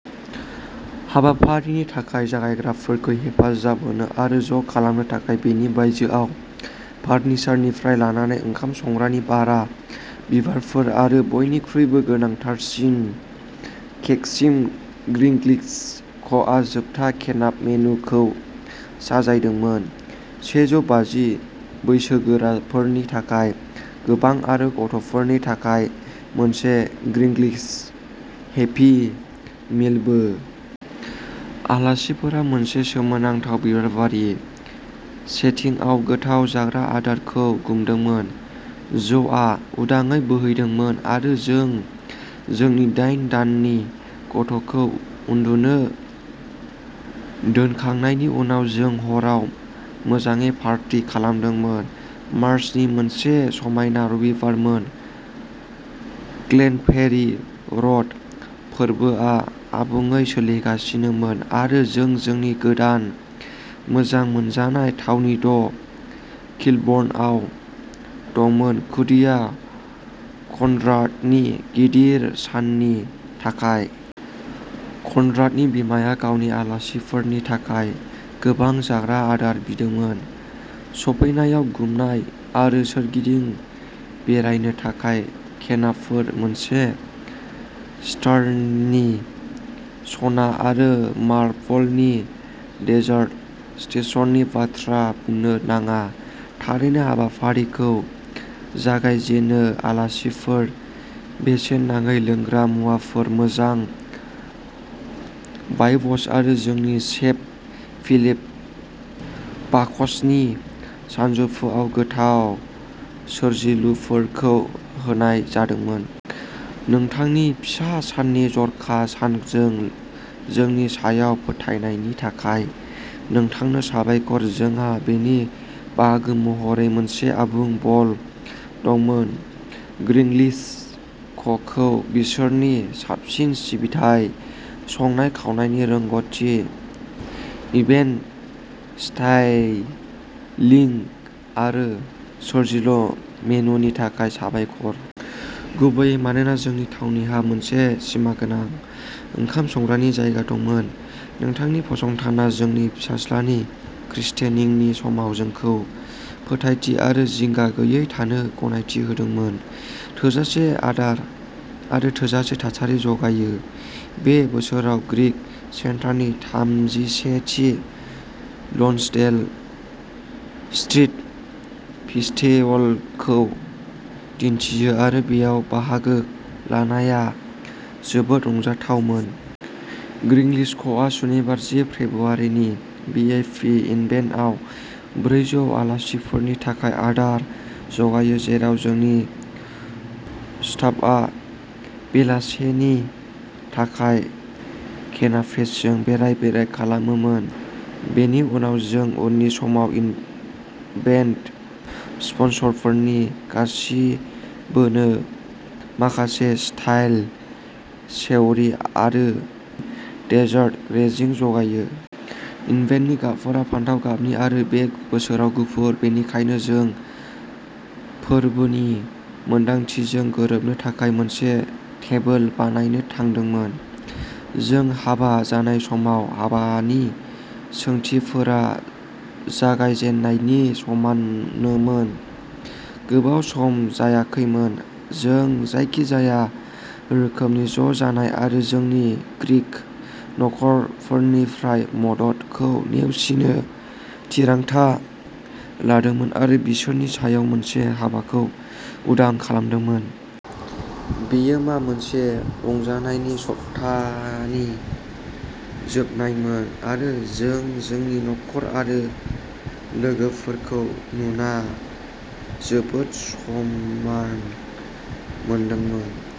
हाबाफारिनि थाखाय जगायग्राफोरखौ हेफाजाब होनो आरो ज' खालामनो थाखाय बेनि बायजोआव फार्निचारनिफ्राय लानानै ओंखाम संग्रानि भारा, बिबारफोर आरो बयनिख्रुइबो गोनांथारसिन केकसिम ग्रिंग्लिश क'आ जोबथा केनाप मेनुखौ साजायदोंमोन, सेजौ बाजि बैसोगोराफोरनि थाखाय गोबां आरो गथ'फोरनि थाखाय मोनसे ग्रिंग्लिश हेपि मिलबो। आलासिफोरा मोनसे सोमोनांथाव बिबारबारि सेटिंआव गोथाव जाग्रा आदारखौ गुमदोंमोन, जौआ उदाङै बोहैदोंमोन आरो जों जोंनि दाइन दाननि गथ'खौ उन्दुनो दोनखांनायनि उनाव जों हराव मोजाङै पार्टी खालामदोंमोन। मार्चनि मोनसे समायना रबिबारमोन, ग्लेनफेरि र'ड फोरबोआ आबुङै सोलिगासिनोमोन आरो जों जोंनि गोदान मोजां मोनजानाय थावनि द' किलबर्न'आव दंमोन खुदिया कनराडनि गिदिर साननि थाखाय। कनराडनि बिमाया गावनि आलासिफोरनि थाखाय गोबां जाग्रा आदार बिदोंमोन, सफैनायाव गुमनाय आरो सोरगिदिं बेरायनो थाखाय केनापफोर मोनसे स्टाइलनि सना आरो मार्बलनि डेजार्ट स्टेशननि बाथ्रा बुंनो नाङा, थारैनो हाबाफारिखौ जागाय जेननो आलासिफोर बेसेन नाङै लोंग्रा मुवाफोर, मोजां भाइबस आरो जोंनि सेफ फिलिप भाकसनि सानजौफुआव गोथाव सोरजिलुफोरखौ होनाय जादोंमोन। नोंथांनि फिसा साननि जर'खा सानजों जोंनि सायाव फोथायनायनि थाखाय नोंथांनो साबायखर, जोंहा बेनि बाहागो महरै मोनसे आबुं बल दंमोन। 'ग्रिंलिश क'खौ बिसोरनि साबसिन सिबिथाइ, संनाय-खावनायनि रोंग'थि, इभेन्ट स्टाइलिंग आरो सोरजिलु मेनुनि थाखाय साबायखर। गुबैयै मानोना जोंनि थावनिहा मोनसे सिमागोनां ओंखाम संग्रानि जायगा दंमोन। नोंथांनि फसंथाना जोंनि फिसाज्लानि क्रिस्टेनिंनि समाव जोंखौ फोथायथि आरो जिंगा गैयै थानो गनायथि होदोंमोन थोजासे आदार आरो थोजासे थासारि जगायो। बे बोसोराव ग्रीक सेन्टारनि थामजिसेथि लन्सडेल स्ट्रीट फेस्टिवलखौ दिन्थियो आरो बेयाव बाहागो लानाया जोबोद रंजाथावमोन। ग्रिंलिश क'आ सनिबार जि फेब्रुआरिनि 'वीआईपी इभेन्ट'आव ब्रैजौ आलासिफोरनि थाखाय आदार जगायो, जेराव जोंनि स्टाफआ बेलासेनि थाखाय केनापेसजों बेराय-बेराय खालामोमोन। बेनि उनाव जों उननि सानाव इभेन्ट स्पन्सरफोरनि गासिबोनो माखासे स्टाइल सेवरी आरो डेजार्ट ग्रेजिं जगायो। इभेन्टनि गाबफोरा फान्थाव गाबनि आरो बे बोसोराव गुफुर, बेनिखायनो जों फोरबोनि मोनदांथिजों गोरोबनो थाखाय मोनसे टेबोल बानायनो थांदोंमोन। जों हाबा जानाय समाव, हाबानि सोंथिफोरा जागाय जेननायनि समानोमोन। गोबाव सम जायाखैमोन, जों जायखिजाया रोखोमनि ज' जानाय आरो जोंनि ग्रीक नखरफोरनिफ्राय 'मदद'खौ नेवसिनो थिरांथा लादोंमोन आरो बिसोरनि सायाव मोनसे हाबाखौ उदां खालामदोंमोन। बेयो मा मोनसे रंजानायनि सप्तानि जोबनायमोन आरो जों जोंनि नखर आरो लोगोफोरखौ नुना जोबोद सनमान मोनदोंमोन।